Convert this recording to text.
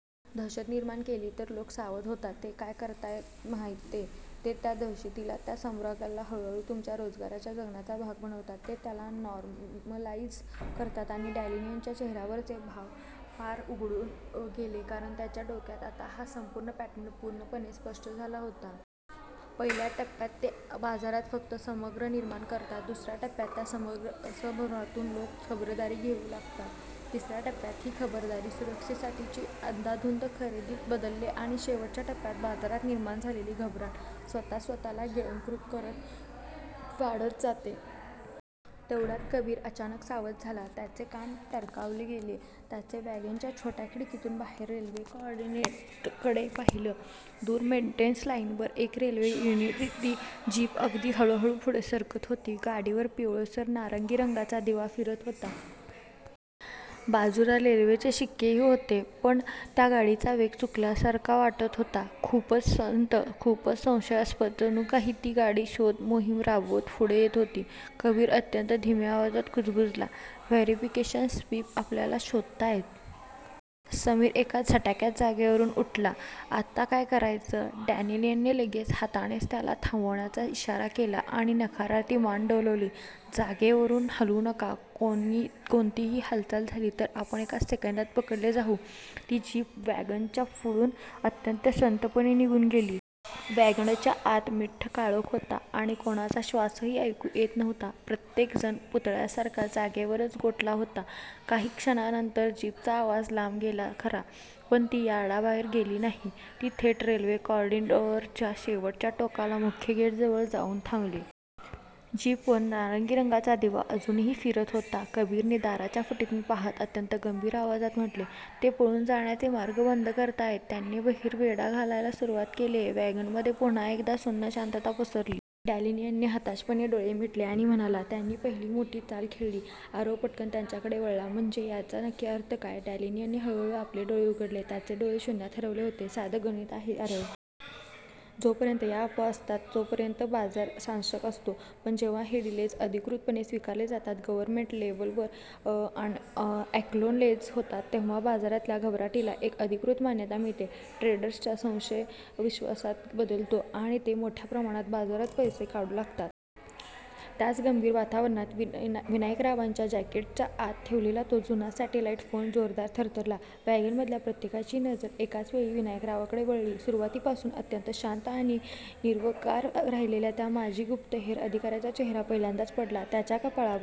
दहशत निर्माण केली तर लोक सावध होतात. ते काय करतात माहितीये? ते त्या दहशतीला, त्या संभ्रमाला हळूहळू तुमच्या रोजच्या जगण्याचा भाग बनवतात. ते त्याला 'नॉर्मलाईज' करतात. डॅनियलच्या चेहऱ्यावरचे भाव पार उडून गेले कारण त्याच्या डोक्यात आता हा संपूर्ण पॅटर्न पूर्णपणे स्पष्ट झाला होता. पहिल्या टप्प्यात ते बाजारात फक्त 'संभ्रम' निर्माण करतात. दुसऱ्या टप्प्यात त्या संभ्रमातून लोक 'खबरदारी' घेऊ लागतात. तिसऱ्या टप्प्यात ही खबरदारी सुरक्षिततेसाठीच्या 'अंधाधुंद खरेदीत' बदलते आणि शेवटच्या टप्प्यात बाजारात निर्माण झालेली घबराट स्वतःच स्वतःला गिळंकृत करत वाढत जाते. तेवढ्यात कबीर अचानक सावध झाला. त्याचे कान टवकारले गेले. त्याने वॅगनच्या छोट्या खिडकीतून बाहेर रेल्वे कॉरिडॉरकडे पाहिलं. दूर मेंटेनन्स लाईनवर एक रेल्वे युटिलिटी जीप अगदी हळूहळू पुढे सरकत होती. गाडीवर पिवळसर नारंगी रंगाचा दिवा फिरत होता. बाजूला रेल्वेचे शिक्केही होते. पण त्या गाडीचा वेग चुकल्यासारखा वाटत होता. खूपच संथ खूपच संशयास्पद. जणू काही ती गाडी शोध मोहीम राबवत पुढे येत होती. कबीर अत्यंत धीम्या आवाजात कुजबुजला, "व्हॅरिफिकेशन स्वीप आपल्याला शोधतायत." समीर एका झटक्यात जागेवरून उठला, "आता काय करायचं? " डॅनियलने लगेच हातानेच त्याला थांबण्याचा इशारा केला आणि नकारार्थी मान डोलवली, "जागेवरून हालू नका. कोणतीही हालचाल झाली, तर आपण एका सेकंदात पकडले जाऊ." ती जीप वॅगनच्या पुढून अत्यंत संथपणे निघून गेली. वॅगनच्या आत मिट्ट काळोख होता आणि कोणाचा श्वासही ऐकू येत नव्हता. प्रत्येक जण पुतळ्यासारखा जागेवरच गोठला होता. काही क्षणांनंतर जीपचा आवाज लांब गेला खरा, पण ती यार्डाबाहेर गेली नाही. ती थेट रेल्वे कॉरिडॉरच्या शेवटच्या टोकाला, मुख्य गेटजवळ जाऊन थांबली. जीपवर नारंगी रंगाचा दिवा अजूनही फिरत होता. कबीरने दाराच्या फटीतून पाहत अत्यंत गंभीर आवाजात म्हटलं, "ते पळून जाण्याचे मार्ग बंद करतायत. त्यांनी बाहेर वेढा घालायला सुरुवात केलीये." वॅगनमध्ये पुन्हा एकदा सुन्न शांतता पसरली. डॅनियलने हताशपणे डोळे मिटले आणि म्हणाला, "त्यांनी पहिली मोठी चाल खेळली." आरव पटकन त्याच्याकडे वळला, "म्हणजे? याचा नक्की अर्थ काय? " डॅनियलने हळूहळू आपले डोळे उघडले, त्याचे डोळे शून्यात हरवले होते, "साधं गणित आहे आरव. जोपर्यंत या अफवा असतात, तोपर्यंत बाजार साशंक असतो. पण जेव्हा हे डिलेज अधिकृतपणे स्वीकारले जातात, गव्हर्नमेंट लेव्हलवर अॅक्नॉलेज होतात. तेव्हा बाजारातल्या घबराटीला एक अधिकृत मान्यता मिळते. ट्रेडर्सचा संशय विश्वासात बदलतो आणि ते मोठ्या प्रमाणावर बाजारातून पैसा काढू लागतात." त्याच गंभीर वातावरणात, विनायकरावांच्या जॅकेटच्या आत ठेवलेला तो जुना सॅटेलाईट फोन जोरदार थरथरला. वॅगनमधल्या प्रत्येकाची नजर एकाच वेळी विनायकरावांकडे वळली. सुरुवातीपासून अत्यंत शांत आणि निर्विकार राहिलेल्या त्या माजी गुप्तहेर अधिकाऱ्याचा चेहरा पहिल्यांदाच पडला. त्यांच्या कपाळावर